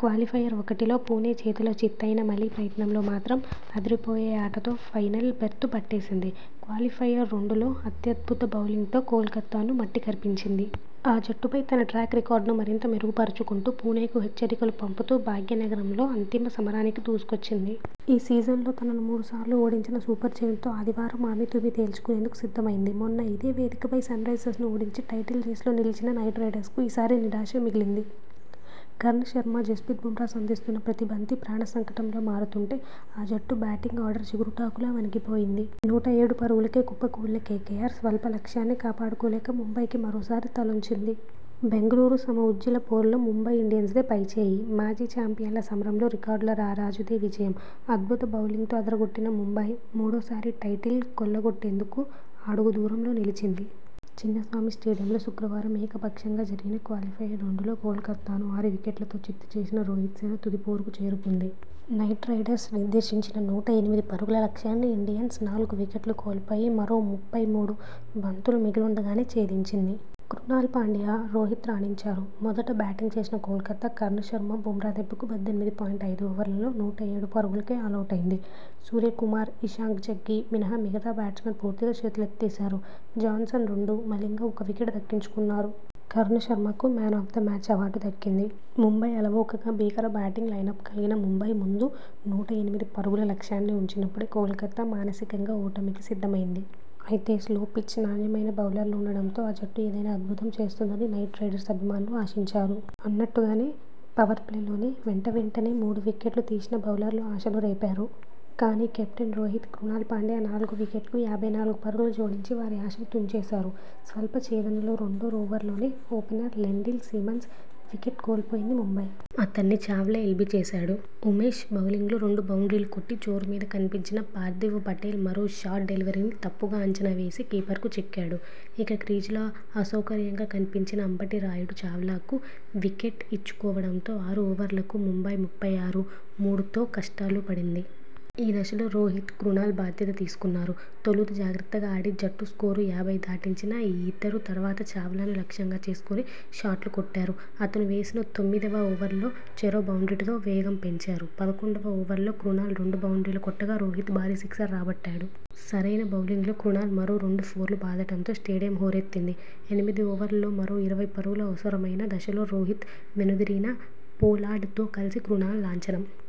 Qualifier ఒకటిలో పుణె చేతిలో చిత్తయినా మలి ప్రయత్నంలో మాత్రం అదిరిపోయే ఆటతో ఫైనల్ బెర్తు పట్టేసింది! క్వాలిఫయర్ రెండులో అత్యద్భుత బౌలింగ్తో కోల్కతాను మట్టికరిపించింది. ఆ జట్టుపై తన ట్రాక్ రికార్డును మరింత మెరుగు పరుచుకుంటూ పుణెకు హెచ్చరికలు పంపుతూ భాగ్యనగరంలో అంతిమ సమరానికి దూసుకొచ్చింది. ఈ సీజన్లో తనను మూడు సార్లు ఓడించిన సూపర్జెయింట్తో ఆదివారం అమీతుమీ తేల్చుకునేందుకు సిద్ధమైంది. మొన్న ఇదే వేదికపై సన్రైజర్స్ను ఓడించి టైటిల్ రేసులో నిలిచిన నైట్ రైడర్స్కు ఈ సారి నిరాశే మిగిలింది. కర్ణ్ శర్మ, జస్ప్రీత్ బుమ్రా సంధిస్తున్న ప్రతీ బంతి ప్రాణ సంకటంలా మారుతుంటే ఆ జట్టు బ్యాటింగ్ ఆర్డర్ చిగురుటాకులా వణికిపోయింది. నూట ఏడు పరుగులకే కుప్ప కూలిన కేకేఆర్ స్వల్ప లక్ష్యాన్ని కాపాడుకోలేక ముంబైకి మరోసారి తలొంచింది. బెంగళూరు సమ ఉజ్జీల పోరులో ముంబై ఇండియన్స్దే పైచేయి. మాజీ చాంపియన్ల సమరంలో రికార్డుల రారాజుదే విజయం. అద్భుత బౌలింగ్తో అదరగొట్టిన ముంబై, మూడోసారి టైటిల్ కొల్లగొట్టేందుకు అడుగు దూరంలో నిలిచింది. చిన్నస్వామి స్టేడియంలో శుక్రవారం ఏక పక్షంగా జరిగిన క్వాలిఫయర్ రెండు లో కోల్కతాను ఆరు వికెట్లతో చిత్తు చేసిన రోహిత్సేన తుది పోరుకు చేరుకుంది. నైట్ రైడర్స్ నిర్దేశించిన నూట ఎనిమిది పరుగుల లక్ష్యాన్ని ఇండియన్స్ నాలుగు వికెట్లు కోల్పోయి మరో ముప్పై మూడు బంతులు మిగిలుండ గానే ఛేదించింది. క్రునాల్ పాండ్యా, రోహిత్ రాణించారు. మొదట బ్యాటింగ్ చేసిన కోల్కతా, కర్ణ్ శర్మ, బుమ్రా దెబ్బకు పద్దెనిమిది పాయింట్ ఐదు ఓవర్లలో నూట ఏడు పరుగులకే ఆలౌటైంది. సూర్యకుమార్, ఇషాంక్ జగ్గీ మినహా మిగతా బ్యాట్స్మెన్ పూర్తిగా చేతులెత్తేశారు. జాన్సన్ రెండు, మలింగ ఒక వికెట్ దక్కించుకున్నారు. కర్ణ్ శర్మకు 'man of the match' award దక్కింది. ముంబై అలవోకగా, భీకర బ్యాటింగ్ లైనప్ కలిగిన ముంబై ముందు నూట ఎనిమిది పరుగుల లక్ష్యాన్ని ఉంచినప్పుడే కోల్కతా మానసికంగా ఓటమికి సిద్ధమైంది. అయితే, స్లో పిచ్, నాణ్యమైన బౌలర్లు ఉండడంతో ఆ జట్టు ఏదైనా అద్భుతం చేస్తుందని నైట్ రైడర్స్ అభిమానులు ఆశించారు. అన్నట్టుగానే, పవర్ప్లేలోనే వెంట వెంటనే మూడు వికెట్లు తీసిన బౌలర్లు ఆశలు రేపారు. కానీ, కెప్టెన్ రోహిత్, క్రునాల్ పాండ్యా నాలుగో వికెట్కు యాభై నాలుగు పరుగులు జోడించి వారి ఆశలు తుంచేశారు. స్వల్ప ఛేదనలో రెండో ఓవర్లోనే ఓపెనర్ లెండిల్ సిమన్స్ వికెట్ కోల్పోయింది ముంబై. అతణ్ణి చావ్లా ఎల్బీ చేశాడు. ఉమేష్ బౌలింగ్లో రెండు బౌండ్రీలు కొట్టి జోరు మీద కనిపించిన పార్థివ్ పటేల్ మరో షార్ట్ డెలివరీని తప్పుగా అంచనా వేసి కీపర్కు చిక్కాడు. ఇక, క్రీజులో అసౌకర్యంగా కనిపించిన అంబటి రాయుడు చావ్లాకు వికెట్ ఇచ్చుకోవడంతో ఆరు ఓవర్లకు ముంబై ముప్పై ఆరు ,మూడుతో కష్టాల్లో పడింది. ఈ దశలో రోహిత్, క్రునాల్ బాధ్యత తీసుకున్నారు. తొలుత జాగ్రత్తగా ఆడి జట్టు స్కోరు యాభై దాటించిన ఈ ఇద్దరూ తర్వాత చావ్లాను లక్ష్యంగా చేసుకొని షాట్లు కొట్టారు. అతను వేసిన తొమ్మిదివ ఓవర్లో చెరో బౌండ్రీతో వేగం పెంచారు. పదకొండువ ఓవర్లో క్రునాల్ రెండు బౌండ్రీలు కొట్టగా రోహిత్ భారీ సిక్సర్ రాబట్టాడు. నరైన్ బౌలింగ్లో క్రునాల్ మరో రెండు ఫోర్లు బాదడంతో స్టేడియం హోరెత్తింది. ఎనిమిది ఓవర్లలో మరో ఇరవై పరుగులు అవసరమైన దశలో రోహిత్ వెనుదిరిగినా పొలార్డ్ తో కలిసి క్రునాల్ లాంఛనం